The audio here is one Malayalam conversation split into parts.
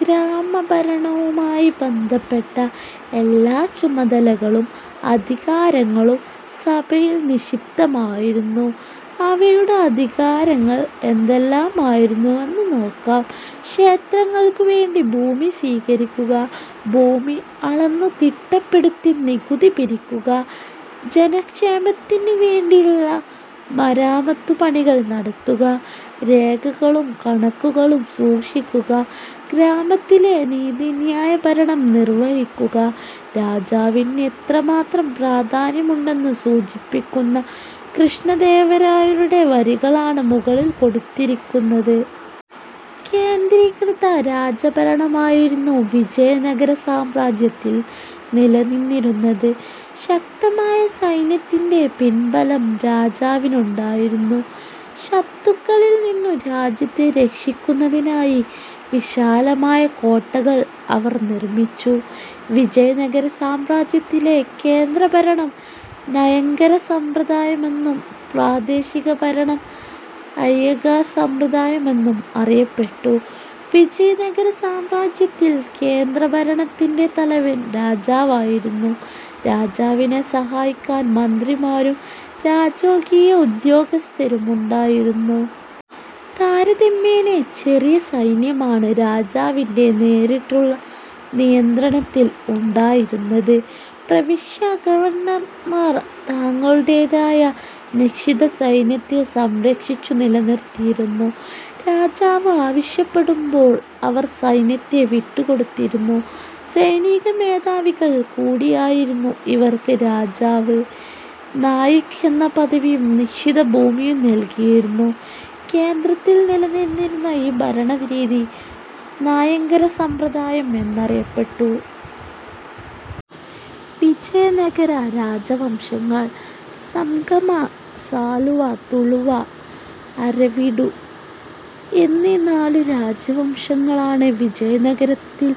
ഗ്രാമഭരണവുമായി ബന്ധപ്പെട്ട എല്ലാ ചുമതലകളും അധികാരങ്ങളും സഭയിൽ നിക്ഷിപ്തമായിരുന്നു. അവയുടെ അധികാരങ്ങൾ എന്തെല്ലാമായിരുന്നുവെന്ന് നോക്കാം. ക്ഷേത്രങ്ങൾക്കുവേണ്ടി ഭൂമി സ്വീകരിക്കുക. ഭൂമി അളന്നുതിട്ടപ്പെടുത്തി നികുതി പിരിക്കുക. ജനക്ഷേമത്തിനുവേണ്ടിയുള്ള മരാമത്തുപണികൾ നടത്തുക. രേഖകളും കണക്കുകളും സൂക്ഷിക്കുക. ഗ്രാമത്തിലെ നീതിന്യായഭരണം നിർവഹിക്കുക. രാജാവിന് എത്രമാത്രം പ്രാധാന്യമുണ്ടെന്ന് സൂചിപ്പിക്കുന്ന കൃഷ്ണദേവരായരുടെ വരികളാണ് മുകളിൽ കൊടുത്തിരിക്കുന്നത്. കേന്ദ്രീകൃത രാജഭരണമായിരുന്നു വിജയനഗരസാമ്രാജ്യത്തിൽ നിലനിന്നിരുന്നത്. ശക്തമായ സൈന്യത്തിന്റെ പിൻബലം രാജാവിനുണ്ടായിരുന്നു. ശത്രുക്കളിൽ നിന്നു രാജ്യത്തെ രക്ഷിക്കുന്നതിനായി വിശാലമായ കോട്ടകൾ അവർ നിർമിച്ചു. വിജയ നഗരസാമ്രാജ്യത്തിലെ കേന്ദ്രഭരണം നായങ്കര സമ്പ്രദായമെന്നും പ്രാദേശികഭരണം അയ്യഗാർ സമ്പ്രദായമെന്നും അറിയപ്പെട്ടു. വിജയനഗരസാമ്രാജ്യത്തിൽ കേന്ദ്രഭരണത്തിന്റെ തലവൻ രാജാവായിരുന്നു. രാജാവിനെ സഹായിക്കാൻ മന്ത്രിമാരും രാജകീയ ഉദ്യോഗസ്ഥരും ഉണ്ടായിരുന്നു. താരതമ്യേന ചെറിയ സൈന്യമാണ് രാജാവിന്റെ നേരിട്ടുള്ള നിയന്ത്രണത്തിൽ ഉണ്ടായിരുന്നത്. പ്രവിശ്യാ ഗവർണർമാർ തങ്ങളുടേതായ നിശ്ചിത സൈന്യത്തെ സംരക്ഷിച്ചു നിലനിർത്തിയിരുന്നു. രാജാവ് ആവശ്യപ്പെടുമ്പോൾ അവർ സൈന്യത്തെ വിട്ടുകൊടുത്തിരുന്നു. സൈനികമേധാവികൾ കൂടിയായിരുന്ന ഇവർക്ക് രാജാവ് നായക് എന്ന പദവിയും നിശ്ചിത ഭൂമിയും നൽകിയിരുന്നു. കേന്ദ്രത്തിൽ നിലനിന്നിരുന്ന ഈ ഭരണരീതി നായങ്കര സമ്പ്രദായം എന്നറിയപ്പെട്ടു. വിജയനഗര രാജവംശങ്ങൾ: സംഗമ, സാലുവ, തുളുവ, അരവീഡു എന്നീ നാലു രാജവംശങ്ങളാണ് വിജയനഗരത്തിൽ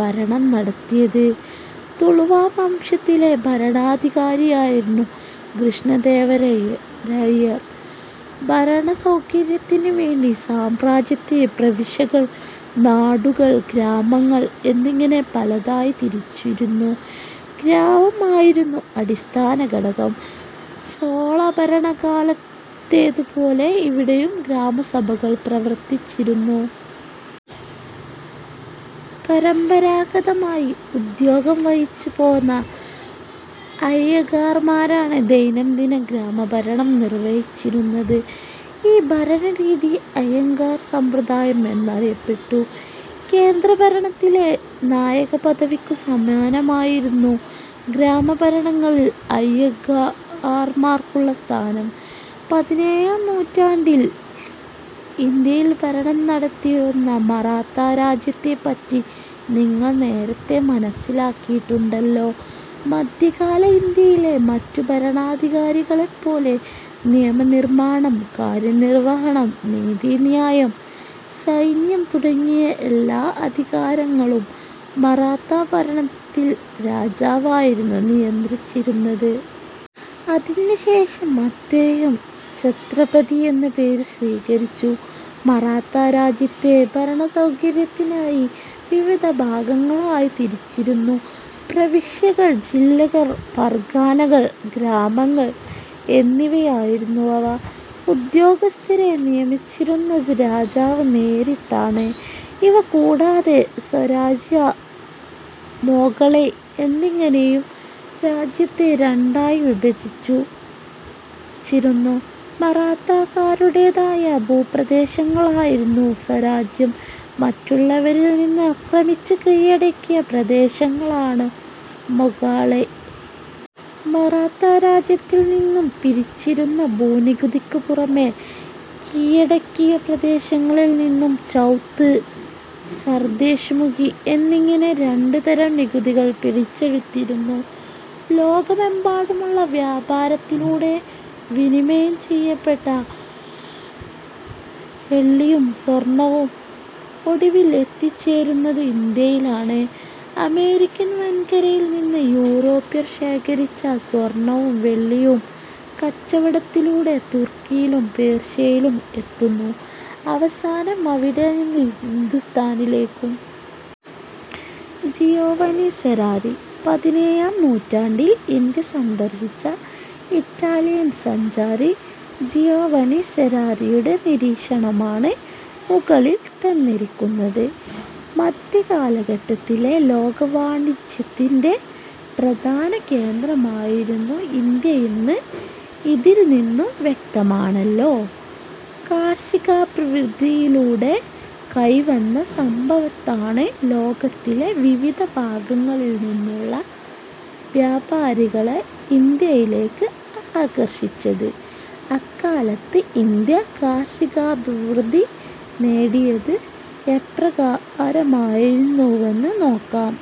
ഭരണം നടത്തിയത്. തുളുവ വംശത്തിലെ ഭരണാധികാരിയായിരുന്നു കൃഷ്ണദേവരായർ. ഭരണസൗകര്യത്തിനു വേണ്ടി സാമ്രാജ്യത്തെ പ്രവിശ്യകൾ, നാടുകൾ, ഗ്രാമങ്ങൾ എന്നിങ്ങനെ പലതായി തിരിച്ചിരുന്നു. ഗ്രാമം ആയിരുന്നു അടിസ്ഥാന ഘടകം. ചോളഭരണകാലത്തേതു പോലെ ഇവിടെയും ഗ്രാമസഭകൾ പ്രവർത്തിച്ചിരുന്നു. പരമ്പരാഗതമായി ഉദ്യോഗം വഹിച്ചുപോന്ന അയ്യഗാർമാരാണ് ദൈനം ദിന ഗ്രാമഭരണം നിർവഹിച്ചിരുന്നത്. ഈ ഭരണരീതി അയ്യഗാർ സമ്പ്രദായം എന്നറിയപ്പെട്ടു. കേന്ദ്രഭരണത്തിലെ നായക പദവിക്കു സമാനമായിരുന്നു ഗ്രാമഭരണത്തിൽ അയ്യഗാർമാർക്കുള്ള സ്ഥാനം. പതിനേഴാം നൂറ്റാണ്ടിൽ ഇന്ത്യയിൽ ഭരണം നടത്തിയിരുന്ന മറാത്തരാജ്യത്തെപ്പറ്റി നിങ്ങൾ നേരത്തേ മനസ്സിലാക്കിയിട്ടുണ്ടല്ലോ. മധ്യകാല ഇന്ത്യയിലെ മറ്റു ഭരണാധികാരികളെപ്പോലെ നിയമനിർമാണം, കാര്യനിർവഹണം, നീതിന്യായം, സൈന്യം തുടങ്ങിയ എല്ലാ അധികാരങ്ങളും മറാത്ത ഭരണത്തിൽ രാജാവായിരുന്നു നിയന്ത്രിച്ചിരുന്നത്. അതിനു ശേഷം അദ്ദേഹം ഛത്രപതി എന്ന പേരു സ്വീകരിച്ചു. മറാത്ത രാജ്യത്തെ ഭരണസൗകര്യത്തിനായി വിവിധ വിഭാഗങ്ങളായി തിരിച്ചിരുന്നു. പ്രവിശ്യകൾ, ജില്ലകൾ, പർഗാനകൾ, ഗ്രാമങ്ങൾ എന്നിവയായിരുന്നു അവ. ഉദ്യോഗസ്ഥരെ നിയമിച്ചിരുന്നത് രാജാവ് നേരിട്ടാണ്. ഇവ കൂടാതെ സ്വരാജ്യ, മൊഗളൈ എന്നിങ്ങനെയും രാജ്യത്തെ രണ്ടായി വിഭജിച്ചിരുന്നു. മറാത്തക്കാരുടേതായ ഭൂപ്രദേശങ്ങളായിരുന്നു സ്വരാജ്യം, മറ്റുള്ളവരിൽനിന്ന് ആക്രമിച്ചു കീഴടക്കിയ പ്രദേശങ്ങളാണു മൊഗളൈ. മറാത്തരാജ്യത്തുനിന്നു പിരിച്ചിരുന്ന ഭൂനികുതിക്ക് പുറമെ കീഴടക്കിയ പ്രദേശങ്ങളിൽ നിന്നും ചൗത്, സർദേശ്മുഖി എന്നിങ്ങനെ രണ്ടുതരം നികുതികൾ പിരിച്ചെടുത്തിരുന്നു. ലോകമെമ്പാടുമുള്ള വ്യാപാരത്തിലൂടെ വിനിമയം ചെയ്യപ്പെട്ട വെള്ളിയും സ്വർണവും ഒടുവിൽ എത്തിച്ചേരുന്നത് ഇന്ത്യയിലാണ്. അമേരിക്കൻ വൻകരയിൽനിന്ന് യൂറോപ്വർ ശേഖരിച്ച സ്വർണവും വെള്ളിയും കച്ചവടത്തിലൂടെ തുർക്കിയിലും പേർഷ്യയിലും എത്തുന്നു. അവസാനം അവിടെനിന്ന് ഹിന്ദുസ്ഥാനിലേക്കും. ജിയോവനി സെരാരി. പതിനേഴാം നൂറ്റാണ്ടിൽ ഇന്ത്യ സന്ദർശിച്ച ഇറ്റാലിയൻ സഞ്ചാരി ജിയോവനി സെരാരിയുടെ നിരീക്ഷണമാണ് മുകളിൽ തന്നിരിക്കുന്നത്. മധ്യകാലഘട്ടത്തിലെ ലോകവാണിജ്യത്തിന്റെ പ്രധാന കേന്ദ്രമായിരുന്നു ഇന്ത്യയെന്ന് ഇതിൽനിന്നു വ്യക്തമാണല്ലോ. കാർഷികാഭിവൃദ്ധിയിലൂടെ കൈവന്ന സമ്പത്താണ് ലോകത്തിലെ വിവിധ ഭാഗങ്ങളിൽനിന്നുള്ള വ്യാപാരികളെ ഇന്ത്യയിലേക്ക് ആകർഷിച്ചത്. അക്കാലത്ത് ഇന്ത്യ കാർഷികാഭിവൃദ്ധി നേടിയത് എപ്രകാരമായിരുന്നുവെന്ന് നോക്കാം.